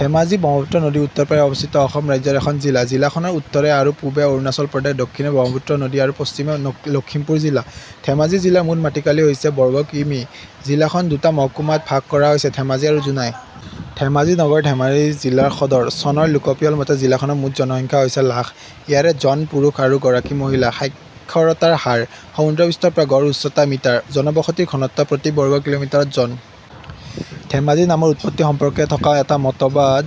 ধেমাজি ব্ৰহ্মপুত্ৰ নদী ৰ উত্তৰ পাৰে অৱস্থিত অসম ৰাজ্যৰ এখন জিলা। জিলাখনৰ উত্তৰে আৰু পূবে অৰুণাচল প্ৰদেশ, দক্ষিণে ব্ৰহ্মপুত্ৰ নদী আৰু পশ্চিমে লখিমপুৰ জিলা। ধেমাজি জিলাৰ মুঠ মাটিকালি হৈছে বৰ্গ কিঃমিঃ। জিলাখন দুটা মহকুমাত ভাগ কৰা হৈছে: ধেমাজি আৰু জোনাই। ধেমাজি নগৰ ধেমাজি জিলাৰ সদৰ। চনৰ লোকপিয়ল মতে, জিলাখনৰ মুঠ জনসংখ্যা হৈছে লাখ। ইয়াৰে জন পুৰুষ আৰু গৰাকী মহিলা। সাক্ষৰতাৰ হাৰ। সমুদ্ৰপৃষ্ঠৰ পৰা গড় উচ্চতা মিটাৰ। জনবসতিৰ ঘনত্ব প্ৰতি বৰ্গ কিলো মিটাৰত জন। ধেমাজি নামৰ উৎপত্তি সম্পৰ্কে থকা এক মতবাদ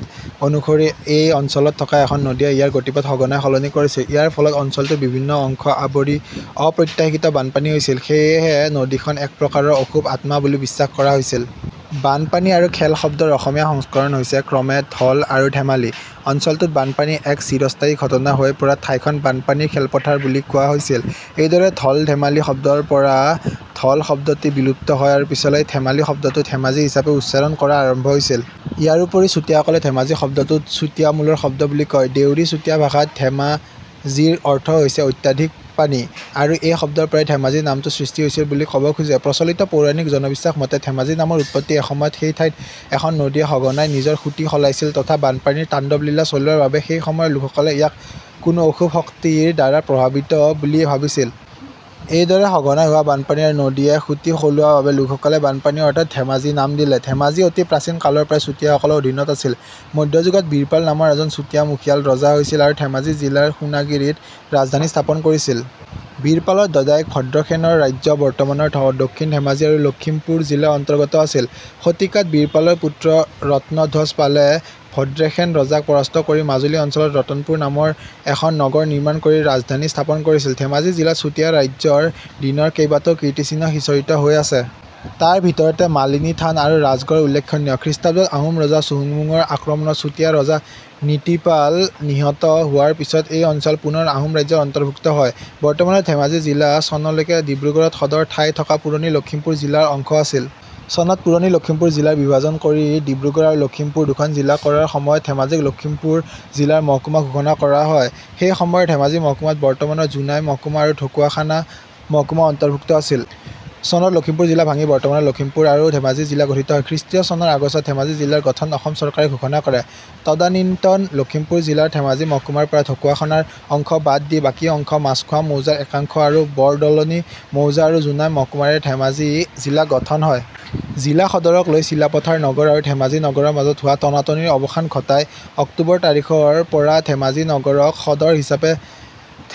অনুসৰি, এই অঞ্চলত থকা এখন নদীয়ে ইয়াৰ গতিপথ সঘনাই সলনি কৰিছিল। ইয়াৰ ফলত অঞ্চলটোৰ বিভিন্ন অংশ আৱৰি অপ্ৰত্যাশিত বানপানী হৈছিল। সেয়েহে নদীখন এক প্ৰকাৰৰ অশুভ আত্মা বুলি বিশ্বাস কৰা হৈছিল। বানপানী আৰু খেল শব্দৰ অসমীয়া সংস্কৰণ হৈছে ক্ৰমে "ধল" আৰু "ধেমালি"। অঞ্চলটোত বানপানী এক চিৰস্থায়ী ঘটনা হৈ পৰাত ঠাইখন বানপানীৰ খেলপথাৰ বুলি কোৱা হৈছিল। এইদৰে "ধল-ধেমালি" শব্দটোৰ পৰা ধল শব্দটি বিলুপ্ত হয় আৰু পিছলৈ "ধেমালি" শব্দটো "ধেমাজি" হিচাপে উচ্চাৰণ কৰা আৰম্ভ হৈছিল। ইয়াৰোপৰি চুতীয়া সকলে "ধেমাজি" শব্দটো চুতীয়ামূলৰ শব্দ বুলি কয়। দেউৰী-চুতীয়া ভাষাত "দেমা-জি"ৰ অৰ্থ হৈছে "অত্যধিক পানী" আৰু এই শব্দৰ পৰাই "ধেমাজি" নামটো সৃষ্টি হৈছিল বুলি ক'ব খোজে। প্ৰচলিত পৌৰাণিক জনবিশ্বাস মতে, "ধেমাজি" নামৰ উৎপত্তি এসময়ত সেই ঠাইত এখন নদীয়ে সঘনাই নিজৰ সূঁতি সলাইছিল তথা বানপানীৰ তাণ্ডৱলীলা চলোৱা বাবে, সেইসময়ৰ লোকসকলে ইয়াক কোনো অশুভ শক্তিৰ দ্বাৰা প্ৰভাৱিত বুলি ভাবিছিল। এইদৰে সঘনাই হোৱা বানপানী আৰু নদীয়ে সূঁতি সলোৱা বাবে লোকসকলে বানপানী অৰ্থাৎ "দেমা-জি" নাম দিলে। ধেমাজি অতি প্ৰাচীন কালৰ পৰাই চুতীয়া সকলৰ অধীনত আছিল। মধ্যযুগত বীৰপাল নামৰ এজন চুতীয়া মুখিয়াল ৰজা হৈছিল আৰু ধেমাজি জিলাৰ সোনাগিৰিত ৰাজধানী স্থাপন কৰিছিল। বীৰপালৰ দদায়েক ভদ্ৰশেনৰ ৰাজ্য বৰ্তমানৰ দক্ষিণ ধেমাজি আৰু লখিমপুৰ জিলাৰ অন্তৰ্গত আছিল। শতিকাত বীৰপালৰ পুত্ৰ ৰত্নধ্বজপালে ভদ্ৰেশেন ৰজাক পৰাস্ত কৰি মাজুলী অঞ্চলত ৰতনপুৰ নামৰ এখন নগৰ নিৰ্মাণ কৰি ৰাজধানী স্থাপন কৰিছিল। ধেমাজি জিলাত চুতীয়া ৰাজ্যৰ দিনৰ কেইবাটাও কীৰ্তিচিহ্ন সিঁচৰিত হৈ আছে। তাৰ ভিতৰতে মালিনী থান আৰু ৰাজগড় উল্লেখনীয়। খ্ৰীষ্টাব্দত আহোম ৰজা চুহুংমুঙৰ আক্ৰমণত চুতীয়া ৰজা নীতিপাল নিহত হোৱাৰ পিছত এই অঞ্চল পুনৰ আহোম ৰাজ্যৰ অন্তৰ্ভুক্ত হয়। বৰ্তমানৰ ধেমাজি জিলা চনলৈকে ডিব্ৰুগড়ত সদৰ ঠাই থকা পুৰণি লক্ষীমপুৰ জিলাৰ অংশ আছিল। চনত পুৰণি লক্ষীমপুৰ জিলাৰ বিভাজন কৰি ডিব্ৰুগড় আৰু লক্ষীমপুৰ দুখন জিলা কৰাৰ সময়ত ধেমাজিক লক্ষীমপুৰ জিলা ৰ মহকুমা ঘোষণা কৰা হয়। সেই সময়ৰ ধেমাজি মহকুমাত বৰ্তমানৰ জোনাই মহকুমা আৰু ঢকুৱাখনা মহকুমা অন্তৰ্ভুক্ত আছিল। চনত লক্ষীমপুৰ জিলা ভাঙি বৰ্তমানৰ লখিমপুৰ আৰু ধেমাজি জিলা গঠিত হয়। খ্ৰীষ্টীয় চনৰ আগষ্টত ধেমাজি জিলাৰ গঠন অসম চৰকাৰে ঘোষণা কৰে। তদানীন্তন লখিমপুৰ জিলাৰ ধেমাজি মহকুমাৰ পৰা ঢকুৱাখনা ৰ অংশ বাদ দি বাকী অংশ, মাছখোৱা মৌজাৰ একাংশ আৰু বৰদলনি মৌজা আৰু জোনাই মহকুমাৰে ধেমাজি জিলা গঠন হয়। জিলা সদৰক লৈ চিলাপথাৰ নগৰ আৰু ধেমাজি নগৰৰ মাজত হোৱা টনাটনিৰ অৱসান ঘটাই অক্টোবৰ তাৰিখৰপৰা ধেমাজি নগৰক সদৰ হিচাপে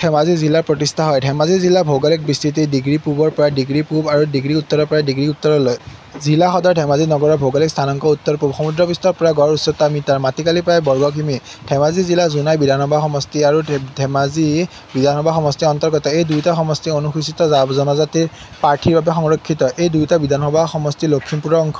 ধেমাজি জিলাৰ প্ৰতিষ্ঠা হয়। ধেমাজি জিলাৰ ভৌগোলিক বিস্তৃতি ''' ডিগ্ৰী পূৱৰ পৰা ''' ডিগ্ৰী পূৱ আৰু ''' ডিগ্ৰী উত্তৰৰ পৰা ''' ডিগ্ৰী উত্তৰলৈ। জিলা সদৰ ধেমাজি নগৰৰ ভৌগোলিক স্থানাংক উত্তৰ পূৱ। সমুদ্ৰপৃষ্ঠৰ পৰা গড় উচ্চতা মিটাৰ। মাটিকালি প্ৰায় বৰ্গ কিঃমিঃ।। ধেমাজি জিলা জোনাই বিধানসভা সমষ্টি আৰু ধেমাজি বিধানসভা সমষ্টিৰ অন্তৰ্গত। এই দুয়োটা সমষ্টি অনুসূচীত জনজাতিৰ প্ৰাৰ্থীৰ বাবে সংৰক্ষিত। এই দুয়োটা বিধানসভা সমষ্টি লক্ষিমপুৰ ৰ অংশ।